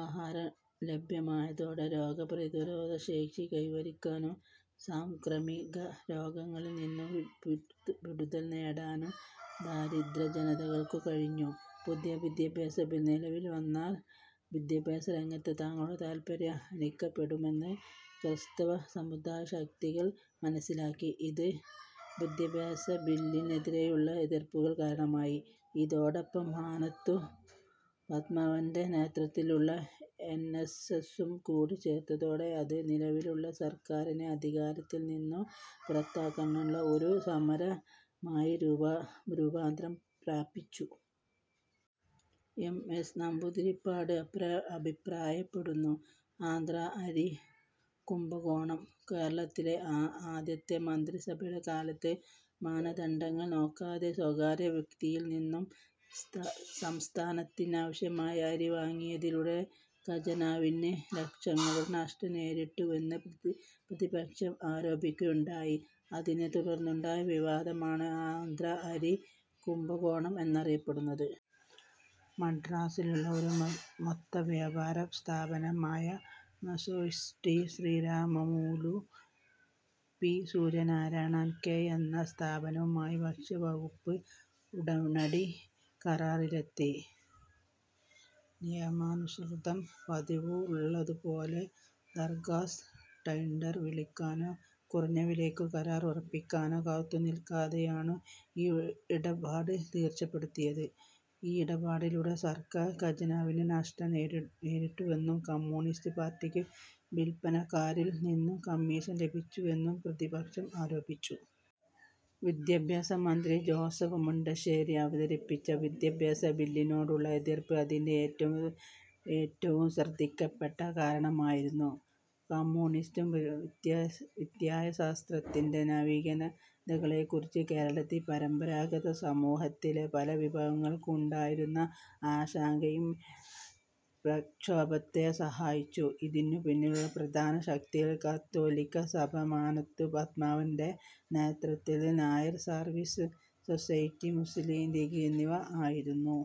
ആഹാരം ലഭ്യമായതോടെ, രോഗപ്രതിരോധശേഷി കൈവരിക്കാനും, സാംക്രമികരോഗങ്ങളിൽ നിന്നും വിടുതൽ നേടാനും ദരിദ്രജനങ്ങൾക്കു കഴിഞ്ഞു. പുതിയ വിദ്യാഭ്യാസ ബിൽ നിലവിൽ വന്നാൽ വിദ്യാഭ്യാസരംഗത്തെ തങ്ങളുടെ താൽപര്യങ്ങൾ ഹനിക്കപ്പെടുമെന്ന് ക്രൈസ്തവ സമുദായശക്തികൾ മനസ്സിലാക്കി. ഇത് വിദ്യാഭ്യാസബില്ലിനെതിരേയുള്ള എതിർപ്പിനു കാരണമായി. ഇതോടൊപ്പം മന്നത്തു പദ്മനാഭന്റെ നേതൃത്വത്തിലുള്ള എൻ. എസ്. എസ്സും കൂടി ചേർന്നതോടെ അത് നിലവിലുള്ള സർക്കാരിനെ അധികാരത്തിൽ നിന്നും പുറത്താക്കാനുള്ള ഒരു സമരമായി രൂപാന്തരം പ്രാപിച്ചു. എം. എസ്സ് നമ്പൂതിരിപ്പാട് അഭിപ്രായപ്പെടുന്നു. ആന്ധ്രാ അരി കുംഭകോണം: കേരളത്തിലെ ആദ്യത്തെ മന്ത്രിസഭയുടെ കാലത്ത് മാനദണ്ഡങ്ങൾ നോക്കാതെ സ്വകാര്യ വ്യക്തിയിൽ നിന്നും സംസ്ഥാനത്തിനാവശ്യമായ അരി വാങ്ങിയതിലൂടെ ഖജനാവിന് ലക്ഷങ്ങളുടെ നഷ്ടം നേരിട്ടു എന്ന് പ്രതിപക്ഷം ആരോപിക്കുകയുണ്ടായി, അതിനെ തുടർന്നുണ്ടായ വിവാദമാണ് ആന്ധ്രാ അരി കുംഭകോണം എന്നറിയപ്പെടുന്നത്. മദ്രാസ്സിലുള്ള ഒരു മൊത്തവ്യാപാരസ്ഥാപനമായ "Messrs T. Sriramulu, P. Suryanarayana & Co. " എന്ന സ്ഥാപനവുമായി ഭക്ഷ്യവകുപ്പ് ഉടനടി കരാറിലെത്തി. നിയമാനുസൃതം പതിവുള്ളതുപോലെ ദർഘാസ് ടെണ്ടർ വിളിക്കാനോ കുറഞ്ഞ വിലയ്ക്കു് കരാർ ഉറപ്പിക്കാനോ കാത്തുനിൽക്കാതെയാണു് ഈ ഇടപാട് തീർച്ചപ്പെടുത്തിയതു്. ഈ ഇടപാടിലൂടെ സർക്കാർ ഖജനാവിന് നഷ്ടം നേരിട്ടുവെന്നും, കമ്മ്യൂണിസ്റ്റ് പാർട്ടിക്ക് വില്പനക്കാരനിൽ നിന്നും കമ്മീഷൻ ലഭിച്ചുവെന്നും പ്രതിപക്ഷം ആരോപിച്ചു. വിദ്യാഭ്യാസമന്ത്രി ജോസഫ് മുണ്ടശ്ശേരി അവതരിപ്പിച്ച വിദ്യാഭ്യാസ ബില്ലിനോടുള്ള എതിർപ്പ് അതിന്റെ ഏറ്റവും ശ്രദ്ധിക്കപ്പെട്ട കാരണമായിരുന്നു. കമ്മ്യൂണിസ്റ്റു പ്രത്യയശാസ്ത്രത്തിന്റെ നവീനതകളെക്കുറിച്ച് കേരളത്തിൽ പരമ്പരാഗത സമൂഹത്തിലെ പലവിഭാഗങ്ങൾക്കും ഉണ്ടായിരുന്ന ആശങ്കയും ഈ പ്രക്ഷോഭത്തെ സഹായിച്ചു. ഇതിനു പിന്നിലുള്ള പ്രധാന ശക്തികൾ കത്തോലിക്കാ സഭ, മന്നത്തു പത്മനാഭന്റെ നേതൃത്വത്തിൽ Nair Service Society, Muslim League എന്നിവ ആയിരുന്നു.